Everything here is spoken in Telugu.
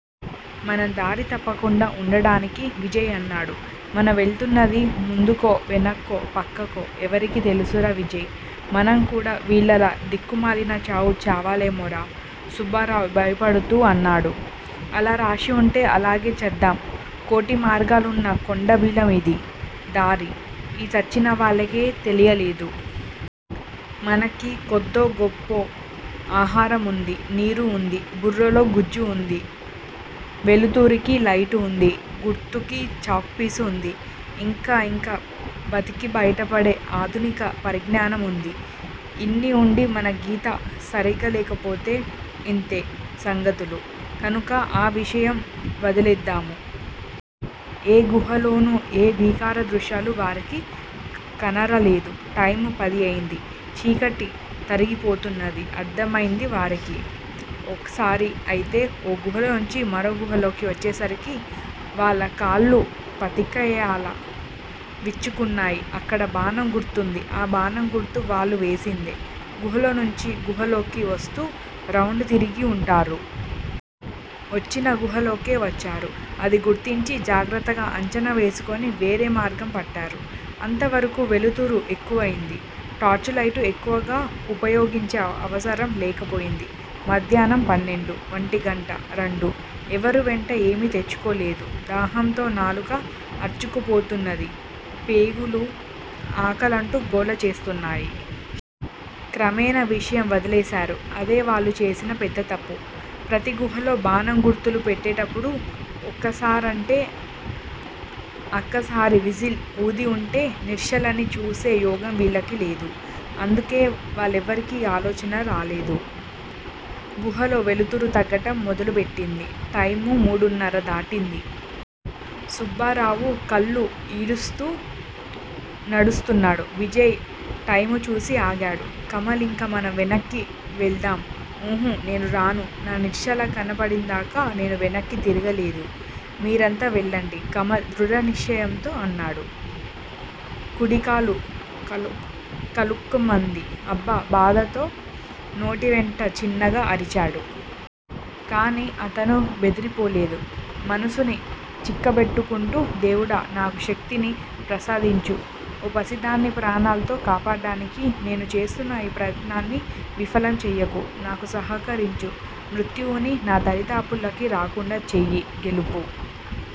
మనం దారి తప్పకుండా ఉండడానికి విజయ్ అన్నాడు మనం వెళుతున్నది ముందుకో, వెనక్కో, పక్కకో ఎవరికీ తెలుసురా విజయ్! మనం కూడా వీల్లలా దిక్కుమాలిన చావు చావాలేమోరా సుబ్బారావు భయపడుతూ అన్నాడు. అలా రాశి వుంటే అలాగే చద్దాం. కోటిమార్గాలున్న కొండబిలం యిది. దారి ఈ చచ్చినవాళ్ళకే తెలియలేదు. మనకి కొద్దో గొప్పో ఆహారం వుంది. నీరు వుంది. బుర్రలో గుజ్జువుంది. వేలుతురుకి లైటు వుంది. గుర్తుకి చాక్ పీసు వుంది. ఇంకా ఇంకా బతికి బయట పడే ఆదునిక పరిజ్ఞానం వుంది. ఇన్ని వుండి మన గీత సరీగ్గలేకపోతె ఇంతే సంగతులు. కానుక ఆ విషయం వదిలేద్దాం. ఏ గుహాలోనూ ఏ భీకరదృశ్యాలు వారికి కనరాలేదు. టైము పది అయింది. చీకటి తరిగిపోతున్నది అర్దమైంది వారికి. ఓసారి అయితే ఓ గుహలోంచి మరో గుహలోకి వచ్చేసరికి వాళ్ళ కళ్ళు పత్తికయాల్లా విచ్చుకున్నాయి. అక్కడ బాణం గుర్తువుంది. ఆ బాణం గుర్తు వాళ్ళు. వేసిందే. గుహలోంచి గుహలోకి వస్తూ రౌండ్ తిరిగి వుంటారు. వచ్చిన గుహలోకే వచ్చారు. అది గుర్తించి జాగ్రత్తగా అంచనా వేసుకుని వేరే మార్గం పట్టారు. అంతవరకూ వెలుతురు ఎక్కువయింది. టార్చిలైటు ఎక్కువుగా వుపయోగించే అవసరం లేక పోయింది. మధ్యాహ్నం పన్నెండు. వంటిగంట. రెండు. ఎవరూ వెంట ఏమీ తెచ్చుకోలేదు దాహంతో నాలుక అర్చుకుపోతున్నది. పేగులు ఆకలంటూ గోల చేస్తున్నాయి. క్రమేనా విషయం వదిలేశారు. అదే వాళ్ళు చేసిన పెద్ద తప్పు. ప్రతి గుహలో బాణం గుర్తులు పెట్టేటప్పుడు ఒక్కసారంటే అక్కసారి విజిల్ ఊదివుంటే నిశ్చలని చూసే యోగం వీళ్ళకి లేదు. అందుకే వాళ్ళెవరికీ ఈ ఆలోచన రాలేదు. గుహలో వెలుతురు తగ్గటం మొదలుపెట్టింది. టైము మూడున్నర దాటింది. సుబ్బారావు కళ్ళు ఈడుస్తూ నడుస్తున్నాడు. విజయ్ టైము చూసి ఆగాడు. కమల్! ఇంక మనం వెనక్కీ వెళదాం! ఊహూ నేనురాను. నా నిశ్చల కనబడిందాకా నేను వెనక్కీ తిరిగలేదు. మీరంతా వెళ్ళండి కమల్ ధృడనిశ్చయంతో అన్నాడు. కుడికాలు కలుకు కలుక్కుమంది. అబ్బా! బాధతో నోటివెంట చిన్నగా అరిచాడు. కానీ అతను బెదిరిపోలేదు. మనసుని చిక్కబెట్టుకుంటూ దేవుడా! నాక్ శక్తిని ప్రసాదించు ఓ పసిదాన్ని ప్రాణాలతో కాపాడ్డానికి నేను చేస్తున్నఈ ప్రయత్నాన్ని విఫలం చేయకు. నాకు సహకరించు, మృత్యువుని నా దరిదాపులకి రాకుండా చేయి. గెలుపు